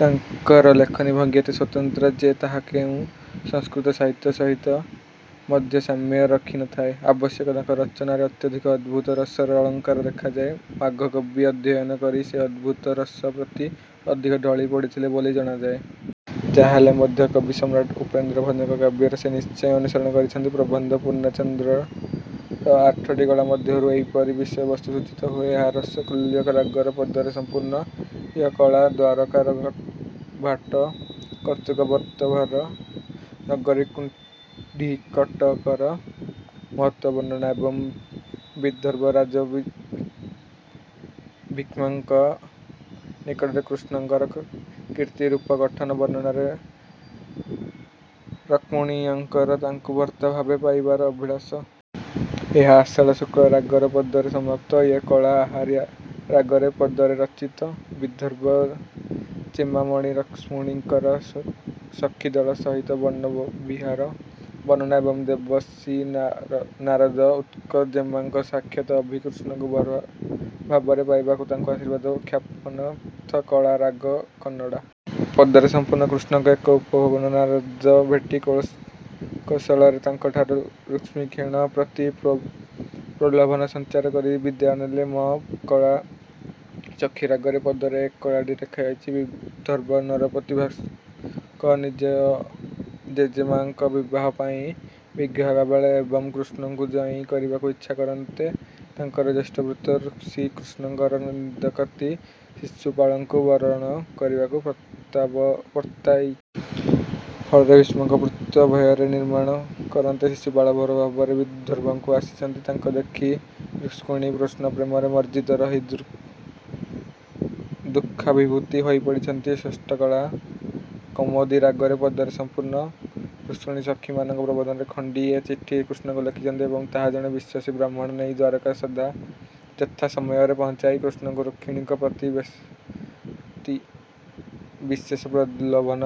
ତାଙ୍କର ଲେଖନୀ ଭଙ୍ଗି ଏତେ ସ୍ୱତନ୍ତ୍ର ଯେ ତାହା କେଉଁ ସଂସ୍କୃତ ସାହିତ୍ୟ ସହିତ ମଧ୍ୟ ସାମ୍ୟ ରଖି ନ ଥାଏ, ଅବଶ୍ୟ ତାଙ୍କ ରଚନାରେ ଅତ୍ୟଧିକ ଅଦ୍ଭୁତ ରସର ଅଳଙ୍କାର ଦେଖାଯାଏ, ମାଘ କାବ୍ୟ ଅଧ୍ୟୟନ କରି ସେ ଅତ୍ୟଦ୍ଭୁତ ରସ ପ୍ରତି ଅଧିକ ଢଳି ପଡ଼ିଥିଲେ ବୋଲି ଜଣାଯାଏ। ଯାହାହେଲେ ମଧ୍ୟ କବିସମ୍ରାଟ ଉପେନ୍ଦ୍ର ଭଞ୍ଜଙ୍କ କାବ୍ୟର ସେ ନିଶ୍ଚୟ ଅନୁସରଣ କରିଛନ୍ତି। ପ୍ରବନ୍ଧ ପୂର୍ଣ୍ଣଚନ୍ଦ୍ରର ଆଠଟି କଳା ମଧ୍ୟରୁ ଏହିପରି ବିଷୟବସ୍ତୁ ସୂଚିତ ହୁଏ। ଏହା ରସକୁଲ୍ୟା ରାଗରେ ପଦରେ ସଂପୂର୍ଣ୍ଣ। ୟ କଳା-ଦ୍ୱାରକାର ଭାଟ କର୍ତ୍ତୃକ ବିଦର୍ଭର ନଗରୀ କୁଣ୍ଡିକଟକର ମହତ୍ତ୍ୱ ବର୍ଣ୍ଣନା ଏବଂ ବିଦର୍ଭ ରାଜା ଭୀଷ୍ମକଙ୍କ ନିକଟରେ କୃଷ୍ଣଙ୍କର କୀର୍ତ୍ତି, ରୂପ, ଗଠନ ବର୍ଣ୍ଣନାରେ ରୁକ୍ମଣୀଙ୍କର ତାଙ୍କୁ ଭର୍ତ୍ତା ଭାବେ ପାଇବାର ଅଭିଳାଷ। ଏହା ଆଷାଢ଼ ଶୁକ୍ଲ ରାଗରେ ପଦରେ ସମାପ୍ତ। ୟ କଳା-ଆହାରି ରାଗରେ ପଦରେ ରଚିତ। ବିଦର୍ଭ ଜେମାମଣି ରୁକ୍ମିଣୀଙ୍କର ସଖିଦଳ ସହିତ ବନ ବିହାର ବର୍ଣ୍ଣନା ଏବଂ ଦେବର୍ଷି ନାରଦ ଉକ୍ତ ଜେମାଙ୍କ ସାକ୍ଷାତ ଲଭି କୃଷ୍ଣଙ୍କୁ ବରଭାବରେ ପାଇବାକୁ ତାଙ୍କୁ ଆଶୀର୍ବାଦ ଜ୍ଞାପନ। ର୍ଥ କଳା-ରାଗ କନଡ଼ା। ପଦରେ। ସଂପୂର୍ଣ୍ଣ। କୃଷ୍ଣଙ୍କୁ ଏକ ଉପବନରେ ନାରଦ ଭେଟି, କୌଶଳରେ ତାଙ୍କଠାରେ ରୁକ୍ମିଣୀଙ୍କ ପ୍ରତି ପ୍ରଲୋଭନ ସଂଚାର କରି ବିଦାୟ ନେଲେ। ମ କଳା-ଚୋଖୀ ରାଗରେ ପଦରେ ଏ କଳାଟି ଲେଖାଯାଇଛି। -ବିଦର୍ଭ ନରପତି ଭୀଷ୍ମକ ନିଜଜେମାଙ୍କ ବିବାହ ପାଇଁ ବ୍ୟଗ୍ର ହେବା ବେଳେ ଏବଂ କୃଷ୍ଣଙ୍କୁ ଜ୍ୱାଇଁ କରିବାକୁ ଇଚ୍ଛା କରନ୍ତେ ତାଙ୍କର ଜ୍ୟେଷ୍ଠପୁତ୍ର ରୁକ୍ମୀ କୃଷ୍ଣଙ୍କର ନିନ୍ଦାକତି ଶିଶୁପାଳଙ୍କୁ ବରଣ କରିବାକୁ ପ୍ରବର୍ତ୍ତାଇଛନ୍ତି। ଫଳରେ ଭୀଷ୍ମକ ପୁତ୍ର ଭୟରେ ନିମନ୍ତ୍ରଣ କରନ୍ତେ ଶିଶୁପାଳ ବରଭାବେ ବିଦର୍ଭକୁ ଆସିଛନ୍ତି। ତା ଦେଖି ରୁକ୍ମିଣୀ କୃଷ୍ଣ ପ୍ରେମରେ ମଜ୍ଜିତ ରହି ଦୁଃଖାଭିଭୂତ ହୋଇ ପଡ଼ିଛନ୍ତି-। ଷ୍ଠ କଳା- କାମୋଦି ରାଗରେ ପଦରେ ସଂପୂର୍ଣ୍ଣ। - ରୁକ୍ମିଣୀ ସଖିମାନଙ୍କ ପ୍ରବର୍ତ୍ତନାରେ ଖଣ୍ଡିଏ ଚିଠି କୃଷ୍ଣଙ୍କୁ ଲେଖିଛନ୍ତି ଏବଂ ତାହା ଜଣେ ବିଶ୍ୱାସୀ ବ୍ରାହ୍ମଣ ନେଇ ଦ୍ୱାରକାରେ ଯଥା ସମୟରେ ପହଞ୍ଚାଇ, କୃଷ୍ଣଙ୍କୁ ରୁକ୍ମିଣୀଙ୍କ ପ୍ରତି ବିଶେଷ ପ୍ରଲୋଭନ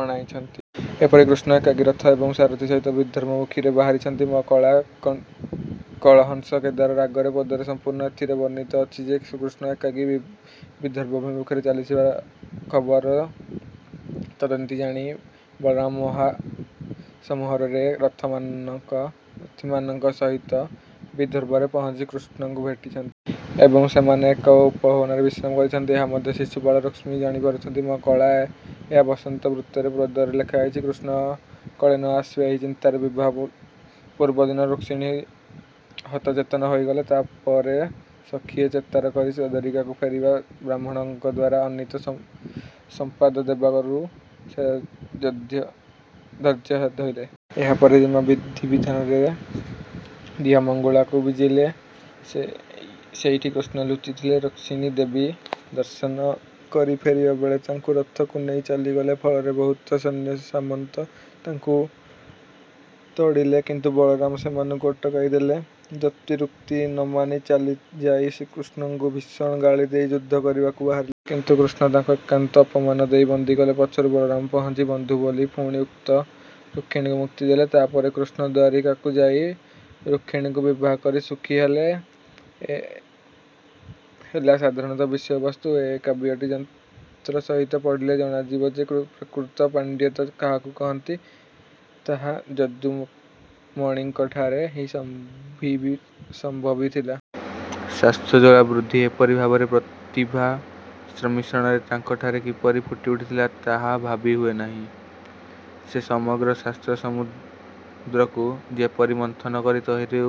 ଅଣାଇଛନ୍ତି। ଏପରିକି କୃଷ୍ଣ ଏକାକୀ ରଥ ଏବଂ ସାରଥୀ ସହିତ ବିଦର୍ଭାଭିମୁଖରେ ବାହାରିଛନ୍ତି। ମ କଳା-କଳହଂସକେଦାର ରାଗରେ ପଦରେ ସଂପୂର୍ଣ୍ଣ। ଏଥିରେ ବର୍ଣ୍ଣିତ ଅଛି ଯେ କୃଷ୍ଣ ଏକାକୀ ବିଦର୍ଭ ଅଭିମୁଖରେ ଚାଲିଯିବା ଖବର ତଦନ୍ତିରୁ ଜାଣି, ବଳରାମ ମହାସମାରୋହରେ ରଥିମାନଙ୍କ ସହିତ ବିଦର୍ଭରେ ପହଞ୍ଚି କୃଷ୍ଣଙ୍କୁ ଭେଟିଛନ୍ତି। ଏବଂ ସେମାନେ ଏକ ଉପବନରେ ବିଶ୍ରାମ କରିଛନ୍ତି। ଏହା ମଧ୍ୟ ଶିଶୁପାଳ, ରୁକ୍ମୀ ଜାଣିପାରିଛନ୍ତି। ମ କଳା-ଏହା ବସନ୍ତ ବୃତ୍ତରେ ପଦରେ ଲେଖାଯାଇଛି। -କୃଷ୍ଣ କାଳେ ନ ଆସିବେ ଏହି ଚିନ୍ତାରେ ବିବାହ ପୂର୍ବଦିନ ରୁକ୍ମିଣୀ ହତଚେତନ ହୋଇଗଲେ। ତା ପରେ ସଖିଏ ଚେତାକରି ଦ୍ୱାରକାରୁ ଫେରିଥିବା ବ୍ରାହ୍ମଣଙ୍କଦ୍ୱାରା ଆନୀତ ସମ୍ବାଦ ଦେବାରୁ ସେ ଧୈର୍ଯ୍ୟ ଧଇଲେ। ଏହାପରେ ଜେମା ବିଧି ବିଧାନରେ ଦିଅଁ ମଙ୍ଗୁଳାକୁ ବିଜେକଲେ। ସେଇଠି କୃଷ୍ଣ ଲୁଚିଥିଲେ। ରୁକ୍ମିଣୀ ଦେବୀ ଦର୍ଶନ କରି ଫେରିବା ବେଳେ ତାଙ୍କୁ ରଥକୁ ନେଇ ଚାଲିଗଲେ। ଫଳରେ ବହୁ ସୈନ୍ୟ ସାମନ୍ତ ତାଙ୍କୁ ତଡ଼ିଲେ। କିନ୍ତୁ ବଳରାମ ସେମାନଙ୍କୁ ଅଟକାଇ ଦେଲେ। ଦର୍ପି ରୁକ୍ମୀ ନମାନି ଚାଲିଯାଇ କୃଷ୍ଣଙ୍କୁ ଭୀଷଣ ଗାଳିଦେଇ ଯୁଦ୍ଧ କରିବାକୁ ବାହାରିଲେ। କିନ୍ତୁ କୃଷ୍ଣ ତାଙ୍କୁ ଏକାନ୍ତ ଅପମାନ ଦେଇ ବନ୍ଦିକଲେ। ପଛରୁ ବଳରାମ ପହଞ୍ଚି ବନ୍ଧୁ ବୋଲି ପୁଣି ଉକ୍ତ ରୁକ୍ମୀଙ୍କୁ ମୁକ୍ତିଦେଲେ। ତା ପରେ କୃଷ୍ଣ ଦ୍ୱାରକାକୁ ଯାଇ ରୁକ୍ମିଣୀଙ୍କୁ ବିବାହ କରି ସୁଖୀ ହେଲେ। ଏ ହେଲା ସାଧାରଣ ବିଷୟ ବସ୍ତୁ। ଏ କାବ୍ୟଟି ଯତ୍ନ ସହିତ ପଢ଼ିଲେ ଜଣାଯିବ ଯେ ପ୍ରକୃତ ପାଣ୍ଡିତ୍ୟ ଯାହାକୁ କହନ୍ତି, ତାହା ଯଦୁମଣିଙ୍କଠାରେ ହିଁ ସମ୍ଭବିଥିଲା। ଶାସ୍ତ୍ରୋଜ୍ୱଳା ବୁଦ୍ଧି ଏପରି ଭାବରେ ପ୍ରତିଭା ସମ୍ମିଶ୍ରଣରେ ତାଙ୍କଠାରେ କିପରି ଫୁଟି ଉଠିଥିଲା, ତାହା ଭାବି ହୁଏନାହିଁ। ସେ ସମଗ୍ର ଶାସ୍ତ୍ର - ସମୁଦ୍ରକୁ ଯେପରି ମନ୍ଥନ କରି ତହିଁରୁ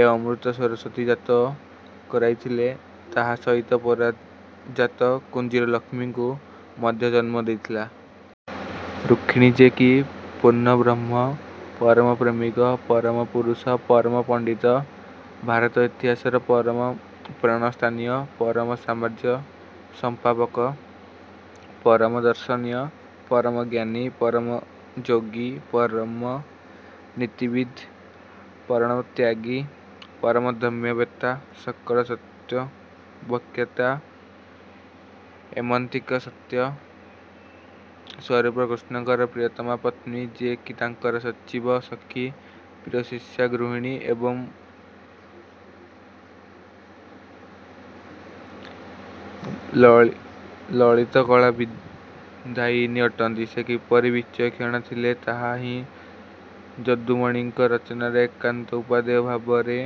ଏ ଅମୃତ ସରସ୍ୱତୀ ଜାତ କରାଇ ଥିଲେ, ତା ସହିତ ପାରିଜାତ କୁଞ୍ଜର ଲକ୍ଷ୍ମୀଙ୍କୁ ମଧ୍ୟ ଜନ୍ମ ଦେଇଥିଲେ। ରୁକ୍ମିଣୀ ଯେ କି ପୂର୍ଣ୍ଣବ୍ରହ୍ମ, ପରମପ୍ରେମିକ, ପରମ ପୁରୁଷ, ପରମ ପଣ୍ଡିତ, ଭାରତ ଇତିହାସର ପରମ ପ୍ରାଣସ୍ଥାନୀୟ, ପରମ ସାମ୍ରାଜ୍ୟ ସଂସ୍ଥାପକ, ପରମ ଦାର୍ଶନିକ, ପରମ ଜ୍ଞାନୀ, ପରମ ଯୋଗୀ, ପରମ ନୀତିବିଦ୍, ପରମ ତ୍ୟାଗୀ, ପରମ ଧର୍ମ୍ମବେତ୍ତା, ସକଳ ସତ୍ୟତତ୍ତ୍ୱଜ୍ଞାତା ଏମନ୍ତକି ସତ୍ୟ ସ୍ୱରୁପ କୃଷ୍ଣଙ୍କର ପ୍ରିୟତମା ପତ୍ନୀ, ଯେ କି ତାଙ୍କର ସଚୀବ, ସଖୀ ପ୍ରିୟଶିଷ୍ୟା, ଗୃହିଣୀ ଏବଂ ଲଳିତକଳା ବିଧାୟିନୀ ଅଟନ୍ତି, ସେ କିପରି ବିଚକ୍ଷଣା ଥିଲେ, ତାହା ହିଁ ଯଦୁମଣିଙ୍କ ରଚନାରେ ଏକାନ୍ତ ଉପାଦେୟ ଭାବରେ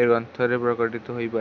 ଏ ଗ୍ରନ୍ଥରେ ପ୍ରକଟିତ ହୋଇ ପାରିଛି।